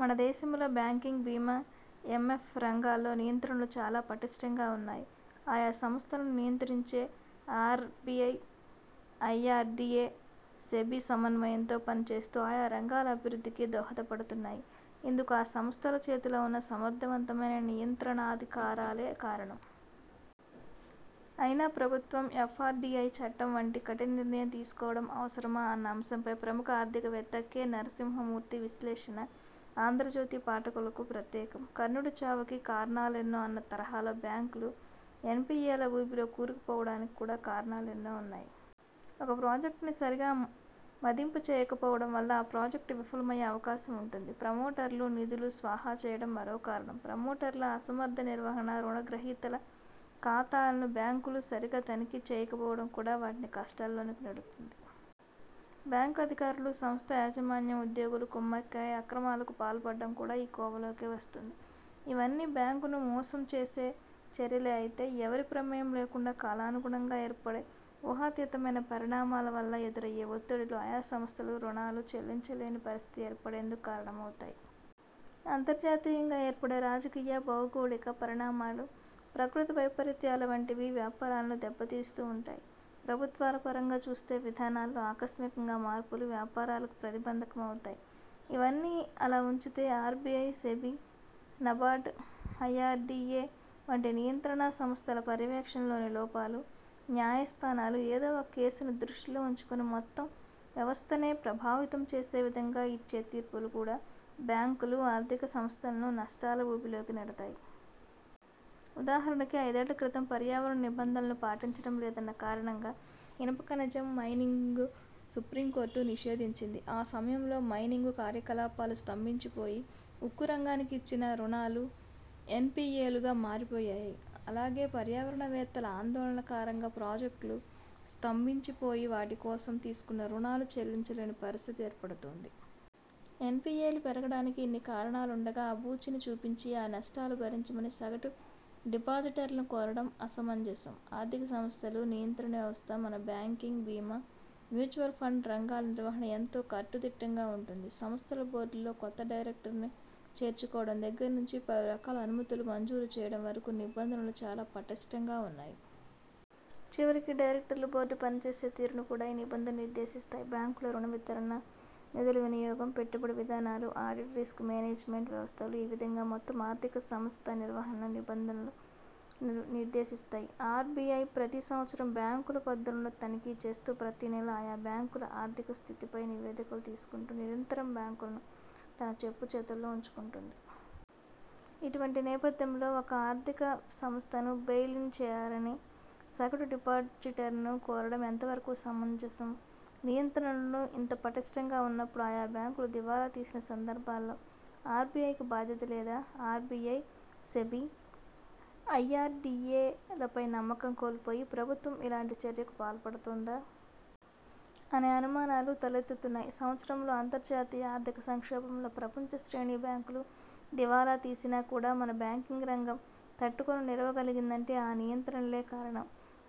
మన దేశంలో బ్యాంకింగ్, బీమా, ఎం ఎఫ్ రంగాల్లో నియంత్రణలు చాలా పటిష్ఠంగా ఉన్నాయి. ఆయా సంస్థలను నియంత్రించే R B I, I R D A, SEBI సమన్వయంతో పని చేస్తూ ఆయా రంగాల అభివృద్ధికి దోహదపడుతున్నాయి. ఇందుకు ఆ సంస్థల చేతిలో ఉన్న సమర్థవంతమైన నియంత్రణాధికారాలే కారణం. అయినా ప్రభుత్వం ఎఫ్ ఆర్ డి ఐ చట్టం వంటి కఠిన నిర్ణయం తీసుకోవడం అవసరమా అన్న అంశంపై ప్రముఖ ఆర్థిక వేత్త కె నరసింహమూర్తి విశ్లేషణ ఆంధ్రజ్యోతి పాఠకులకు ప్రత్యేకం. కర్ణుడి చావుకి కారణాలెన్నో అన్న తరహాలో బ్యాంకులు ఎన్ పి ఏ ల ఊబిలో కూరుకు పోవడానికి కూడా కారణాలెన్నో ఉన్నాయి. ఒక ప్రాజెక్టుని సరిగా మదింపు చేయక పోవడం వల్ల ఆ ప్రాజెక్టు విఫలమయ్యే అవకాశం ఉంటుంది. ప్రమోటర్లు నిధులు స్వాహా చేయడం మరో కారణం. ప్రమోటర్ల అసమర్థ నిర్వహణ, రుణ గ్రహీతల ఖాతాలను బ్యాంకులు సరిగా తనిఖీ చేయక పోవడం కూడా వాటిని కష్టాల్లోకి నెడుతుంది. బ్యాంకు అధికారులు, సంస్థ యాజమాన్యం ఉద్యోగులు కుమ్మక్కై అక్రమాలకు పాల్పడడం కూడా ఈ కోవలోకే వస్తుంది. ఇవన్నీ బ్యాంకును మోసం చేసే చర్యలే అయితే, ఎవరి ప్రమేయం లేకుండా కాలానుగుణంగా ఏర్పడే ఊహాతీతమైన పరిణామాల వల్ల ఎదురయ్యే ఒత్తిడులు ఆయా సంస్థలు రుణాలు చెల్లించలేని పరిస్థితి ఏర్పడేందుకు కారణమవుతాయి. అంతర్జాతీయంగా ఏర్పడే రాజకీయ, భౌగోళిక పరిణామాలు, ప్రకృతి వైపరీత్యాల వంటివి వ్యాపారాలను దెబ్బ తీస్తూ ఉంటాయి. ప్రభుత్వాల పరంగా చూస్తే విధానాల్లో ఆకస్మిక మార్పులు వ్యాపారాలకు ప్రతి బంధకం అవుతాయి. ఇవన్నీ అలా ఉంచితే R B I, SEBI, NABARD, I R D A వంటి నియంత్రణ సంస్థల పర్యవేక్షణలోని లోపాలు, న్యాయస్థానాలు ఏదో ఒక కేసుని దృష్టిలో ఉంచుకుని మొత్తం వ్యవస్థనే ప్రభావితం చేసే విధంగా ఇచ్చే తీర్పులు కూడా బ్యాంకులు, ఆర్థిక సంస్థలను నష్టాల ఊబిలోకి నెడతాయి. ఉదాహరణకి ఐదేళ్ల క్రితం పర్యావరణ నిబంధనలను పాటించడం లేదన్న కారణంగా ఇనుప ఖనిజం మైనింగ్ను సుప్రీం కోర్టు నిషేధించింది. ఆ సమయంలో మైనింగ్ కార్యకలాపాలు స్తంభించి పోయి ఉక్కు రంగానికి ఇచ్చిన రుణాలు ఎన్ పి ఏ లుగా మారిపోయాయి. అలాగే పర్యావరణ వేత్తల ఆందోళనల కారణంగా ప్రాజెక్టులు స్తంభించి పోయి వాటి కోసం తీసుకున్న రుణాలు చెల్లించలేని పరిస్థితి ఏర్పడుతోంది. ఎన్ పి ఏ లు పెరగడానికి ఇన్ని కారణాలుండగా ఆ బూచిని చూపించి ఆ నష్టాలు భరించమని సగటు డిపాజిటర్లను కోరడం అసమంజసం. ఆర్థిక సంస్థలు.. నియంత్రణ వ్యవస్థ మన బ్యాంకింగ్, బీమా, మ్యూచువల్ ఫండ్ రంగాల నిర్వహణ ఎంతో కట్టుదిట్టంగా ఉంటుంది. సంస్థల బోర్డుల్లో కొత్త డైరెక్టర్ని చేర్చుకోవడం దగ్గర నుంచి పలురకాల అనుమతులు మంజూరు చేయడం వరకు నిబంధనలు చాలా పటిష్ఠంగా ఉన్నాయి. చివరికి డైరెక్టర్ల బోర్డు పని చేసే తీరును కూడా ఈ నిబంధనలు నిర్దేశిస్తాయి. బ్యాంకుల రుణ వితరణ, నిధుల వినియోగం, పెట్టుబడి విధానాలు, ఆడిట్, రిస్క్ మేనేజ్మెంట్ వ్యవస్థలు ఈ విధంగా మొత్తం ఆర్ధిక సంస్థ నిర్వహణను నిబంధనలు నిర్దేశిస్తాయి. ఆర్ బి ఐ ప్రతి సంవత్సరం బ్యాంకుల పద్దులను తనిఖీ చేస్తూ ప్రతి నెలా ఆయా బ్యాంకుల ఆర్థిక స్థితిపై నివేదికలు తీసుకుంటూ నిరంతరం బ్యాంకులను తన చెప్పుచేతల్లో ఉంచుకుంటుంది. ఇటువంటి నేపథ్యంలో ఒక ఆర్థిక సంస్థను బెయిల్ ఇన్ చేయాలని సగటు డిపాజిటర్ను కోరడం ఎంతవరకు సమంజసం? నియంత్రణలు ఇంత పటిష్ఠంగా ఉన్నప్పుడు ఆయా బ్యాంకులు దివాలా తీసిన సందర్భాల్లో ఆర్ బి ఐ కి బాధ్యత లేదా? R B I, SEBI, I R D A లపై నమ్మకం కోల్పోయి ప్రభుత్వం ఇలాంటి చర్యకు పాల్పడుతోందా? అనే అనుమానాలు తలెత్తుతున్నాయి. సంవత్సరంలో అంతర్జాతీయ ఆర్థిక సంక్షోభంలో ప్రపంచ శ్రేణి బ్యాంకులు దివాలా తీసినా కూడా మన బ్యాంకింగ్ రంగం తట్టుకుని నిలవ గలిగిందంటే ఆ నియంత్రణలే కారణం.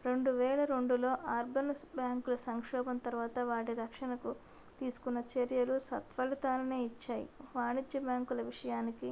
రెండు వేల రెండులో అర్బన్ బ్యాంకుల సంక్షోభం తర్వాత వాటి రక్షణకు తీసుకున్న చర్యలు సత్ఫలితాలనే ఇచ్చాయి. వాణిజ్య బ్యాంకుల విషయానికి